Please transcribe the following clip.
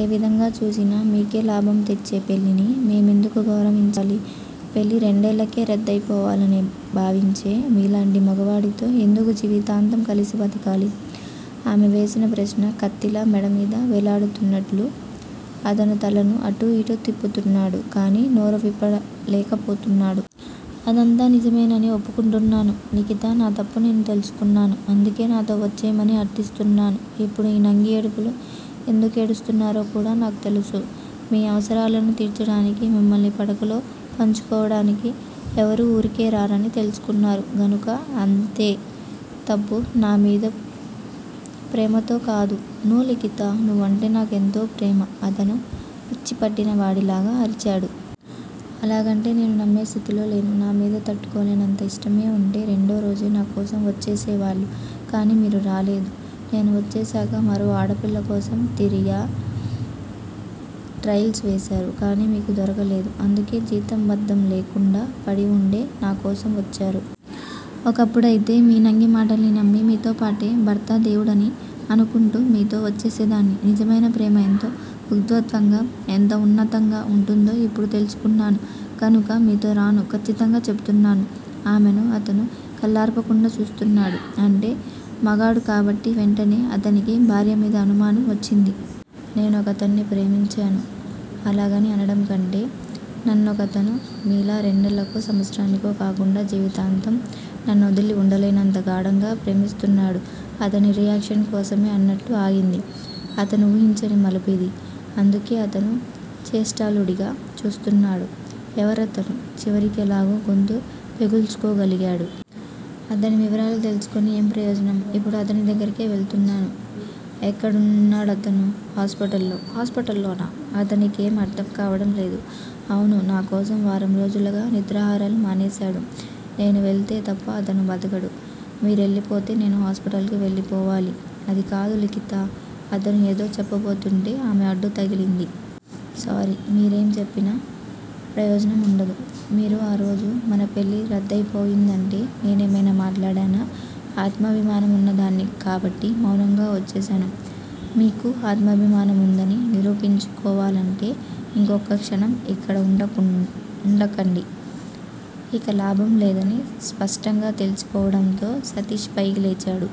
ఏ విధంగా చూసినా మీకే లాభం తెచ్చే పెళ్ళిని మేమెందుకు గౌరవించాలి? పెళ్ళి రెండేళ్ళకే రద్దయిపోవాలని భావించే మీలాంటి మగావాడితో ఎందుకు జీవితాంతం కలిసి బతకాలి? ఆమె వేసిన ప్రశ్న కత్తిలా మెడమీద వేలాడుతున్నట్లు అతను తలను అటూ ఇటూ తిప్పుతున్నాడు కానీ నోరు విప్పలేకపోతున్నాడు. అదంతా నిజమేనని ఒప్పుకుంటున్నాను లిఖితా నా తప్పు నేను తెలుసుకున్నాను. అందుకే నాతో వచ్చెయ్యమని అర్దిస్తున్నాను ఇప్పుడు ఈ నంగి ఏడుపులు ఎందుకేడుస్తున్నారో కూడా నాకు తెలుసు. మీ అవసరాలను తీర్చడానికి మిమ్మల్ని పడకలో పంచుకోవడానికి ఎవరూ వూరికే రారని తెలుసుకున్నారు గనుక అంతే తప్పు నా మీద ప్రేమతో కాదు నో లిఖితా నువ్వంటే నాకు ఎంతో ప్రేమ అతను పిచ్చి పట్టిన వాడిలాగా అరిచాడు. అలాగంటే నేను నమ్మే స్థితిలో లేను. నామీద తట్టుకోలేనంత ఇష్టమే వుంటే రెండోరోజే నా కోసం వచ్చేసే వాళ్ళు కానీ మీరు రాలేదు. నేను వచ్చేశాక మరో ఆడపిల్ల కోసం తీరిగ ట్రయల్స్ వేశారు. కానీ మీకు దొరకలేదు. అందుకే జీతం, భాథం లేకుండా పడివుండే నా కోసం వచ్చారు. ఒకప్పుడైతే మీ నంగి మాటలన్నీ నమ్మి మీతోపాటే, భర్తే దేవుడని అనుకుంటూ మీతో వచ్చేసేదాన్ని. నిజమైన ప్రేమ ఎంత ఉధృతంగా, ఎంత ఉన్నతంగా వుంటుందో ఇప్పుడు తెలుసుకున్నాను గనుక మీతో రాను ఖచ్చితంగా చెబుతున్న ఆమెను అతను కళ్ళార్పకుండా చూస్తున్నాడు. అంటే? మగాడు కాబట్టి వెంటనే అతనికి భార్యమీద అనుమానం వచ్చింది. నేను ఒకతన్ని ప్రేమించాను. అలాగని అనడం కంటే నన్నొకతను మీలా రెండేళ్ళకో, సంవత్సరానికో కాకుండా జీవితాంతం నన్నొదిలి వుండలేనంత గాఢంగా ప్రేమిస్తున్నాడు అతని రియాక్షన్ కోసమే అన్నట్టు ఆగింది. అతను వూహించని మలుపు ఇది. అందుకే అతను చేష్టలుడిగ చూస్తున్నాడు. ఎవరతను? చివరికెలాగో గొంతు పెగల్చుకోగలిగాడు. అతని వివరాలు తెలుసుకొని ఏం ప్రయోజనం? ఇప్పుడు అతని దగ్గరికే వెళుతున్నాను ఎక్కడున్నాడతను? హాస్పిటల్ లో హాస్పిటల్ లోనా? అతనికి ఏమీ అర్ధం కావడం లేదు. అవును- నాకోసం వారం రోజులుగా నిద్రాహారాలు మానేశాడు. నేను వెళితే తప్ప అతను బతకడు. మీరెళ్ళిపోతే నేను హాస్పిటల్ కు వెళ్ళిపోవాలి అది కాదు లిఖితా అతను ఏదో చెప్పబోతుంటే ఆమె అడ్డు తగిలింది. సారీ- మీరు ఏం చెప్పినా ప్రయోజనం వుండదు. మీరు ఆ రోజు మన పెళ్ళి రద్దయి పోయిందంటే నేనేమైనా మాట్లాడానా? ఆత్మాభిమానం వున్న దాన్ని కాబట్టి మౌనంగా వచ్చేశాను. మీకూ ఆత్మాభిమానం వుందని నిరూపించుకోవాలంటే ఇంకొక్క క్షణం ఇక్కడ వుండకండి ఇక లాభం లేదని స్పష్టంగా తెలిసిపోవడంతో సతీష్ పైకి లేచాడు.